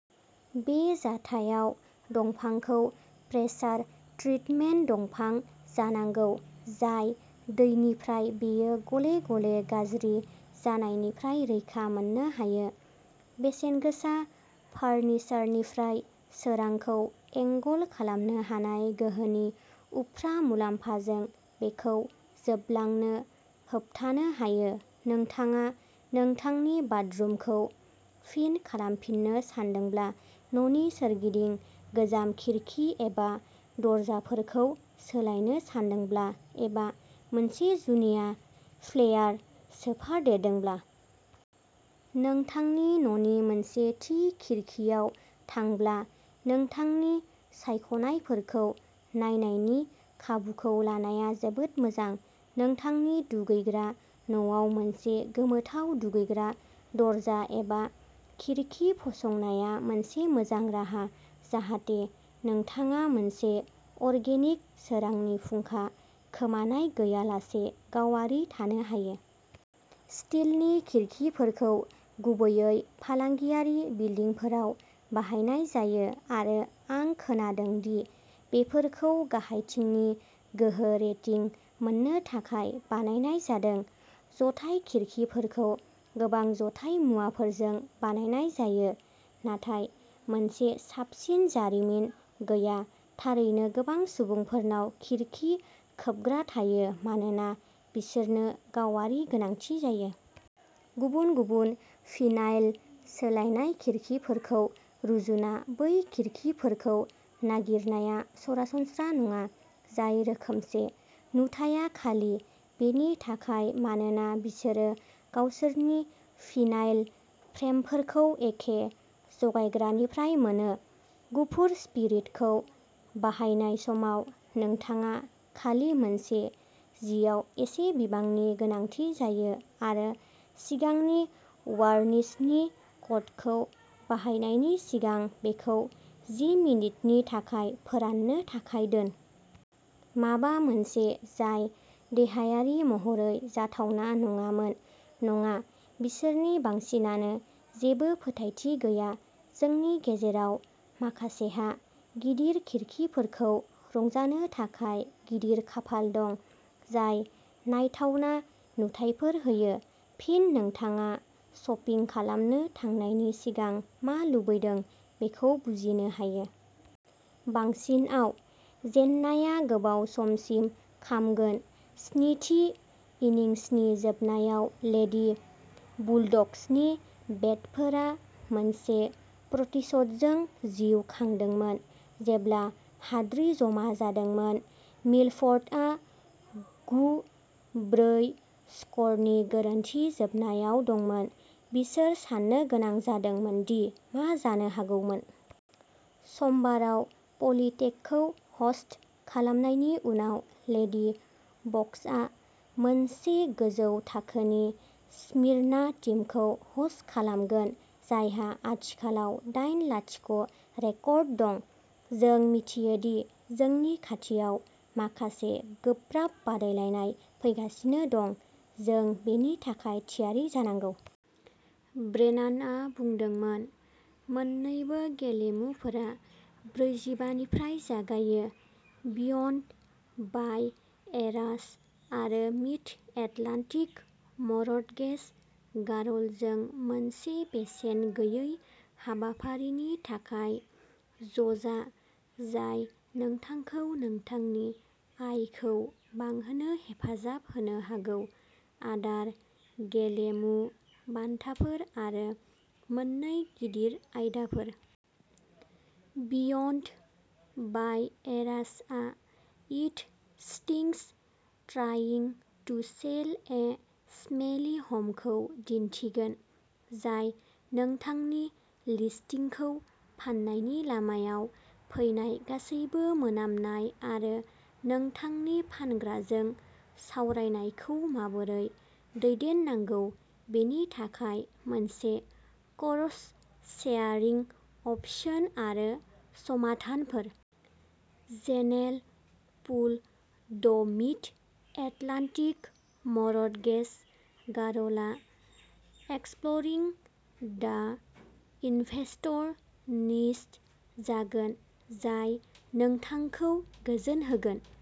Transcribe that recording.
बे जाथायाव, दंफांखौ प्रेसार ट्रिटमेन्ट दंफां जानांगौ, जाय दैनिफ्राय बेयो गले गले गाज्रि जानायनिफ्राय रैखा मोननो हायो। बेसेनगोसा फारनिचारनिफ्राय सोरांखौ एंगल खालामनो हानाय गोहोनि उफ्रा मुलामफाजों बेखौ जोबलांनो होबथानो हायो। नोंथाङा नोंथांनि बाथरुमखौ फिन खालामफिननो सानदोंब्ला, न'नि सोरगिदिं गोजाम खिरखि एबा दरजाफोरखौ सोलायनो सानदोंब्ला, एबा मोनसे जुनिया फ्लेयार सोफादेरदोंब्ला। नोंथांनि न'नि मोनसे थि खिरखिआव थांब्ला, नोंथांनि सायख'नायफोरखौ नायनायनि खाबुखौ लानाया जोबोद मोजां। नोंथांनि दुगैग्रा न'आव मोनसे गोमोथाव दुगैग्रा दरजा एबा खिरखि फसंनाया मोनसे मोजां राहा, जाहाथे नोंथाङा मोनसे अरगेनिक सोरांनि फुंखा खोमानाय गैयालासे गावारि थानो हायो। स्टिलनि खिरखिफोरखौ गुबैयै फालांगियारि बिलडिंफोराव बाहायनाय जायो, आरो आं खोनादों दि बेफोरखौ गाहायथिंनि गोहो रेटिं मोननो थाखाय बानायनाय जादों। जथाय खिरखिफोरखौ गोबां जथाय मुवाफोरजों बानायनाय जायो। नाथाय मोनसे साबसिन जारिमिन गैया। थारैनो गोबां सुबुंफोरनाव खिरखि खोबग्रा थायो मानोना बिसोरनो गावारि गोनांथि जायो। गुबुन-गुबुन भिनाइल सोलायनाय खिरखिफोरखौ रुजुना बै खिरखिफोरखौ नागिरनाया सरासनस्रा नङा, जाय रोखोमसे। नुथाइया खालि बेनि थाखाय मानोना बिसोरो गावसोरनि भिनाइल फ्रेमफोरखौ एखे जगायग्रानिफ्राय मोनो। गुफुर स्पिरिटखौ बाहायनाय समाव नोंथाङा खालि मोनसे जिआव एसे बिबांनि गोनांथि जायो, आरो सिगांनि वारनिशनि कटखौ बाहायनायनि सिगां बेखौ जि मिनिटनि थाखाय फोराननो थाखाय दोन। माबा मोनसे जाय देहायारि महरै जाथावना नङामोन। नङा, बिसोरनि बांसिनानो जेबो फोथायथि गैया। जोंनि गेजेराव माखासेहा गिदिर खिरखिफोरखौ रंजानो थाखाय गिदिर खाफाल दं जाय नायथावना नुथायफोर होयो। फिन, नोंथाङा शपिं खालामनो थांनायनि सिगां मा लुबैदों बेखौ बुजिनो हायो। बांसिनआव। जेननाया गोबाव समसिम खामगोन। स्निथि इनिंसनि जोबनायाव लेडी बुलड'गसनि बेटफोरा मोनसे प्रतिशोधजों जिउ खांदोंमोन। जेब्ला हाद्रि जमा जादोंमोन, मिलफर्डआ गु-ब्रै स्क'रनि गोरोन्थि जोबनायाव दंमोन। बिसोर साननो गोनां जादोंमोन दि मा जानो हागौमोन। समबाराव पलिटेकखौ ह'स्ट खालामनायनि उनाव लेडी बकसआ मोनसे गोजौ थाखोनि स्मिरना टीमखौ ह'स्ट खालामगोन, जायहा आथिखालाव दाइन-लाथिख' रेकर्ड दं। जों मिथियो दि जोंनि खाथियाव माखासे गोब्राब बादायलायनाय फैगासिनो दं, जों बेनि थाखाय थियारि जानांगौ। ब्रेनानआ बुंदोंमोन। मोननैबो गेलेमुफोरा ब्रै:जिबा निफ्राय जागायो। बिय'न्ड बाय एरास आरो मिड एटलान्टिक मरटगेज गारलजों मोनसे बेसेन गैयै हाबाफारिनि थाखाय ज'जा, जाय नोंथांखौ नोंथांनि आयखौ बांहोनो हेफाजाब होनो हागौ! आदार, गेलेमु, बान्थाफोर, आरो मोन्नै गिदिर आयदाफोर। बिय'नड बाय एरासआ it stinks trying to sell a smelly home खौ दिन्थिगोन। जाय नोंथांनि लिस्टिंखौ फाननायनि लामायाव फैनाय गासैबो मोनामनाय आरो नोंथांनि फानग्राजों सावरायनायखौ माबोरै दैदेननांगौ बेनि थाखाय मोनसे क'रस सेयारिं अपशन आरो समाधानफोर। General Poole the' Mid Atlantic Mortgage गारलआ एक्सप्ल'रिं दा इनभेस्टर निच जागोन। जाय नोंथांखौ गोजोन होगोन।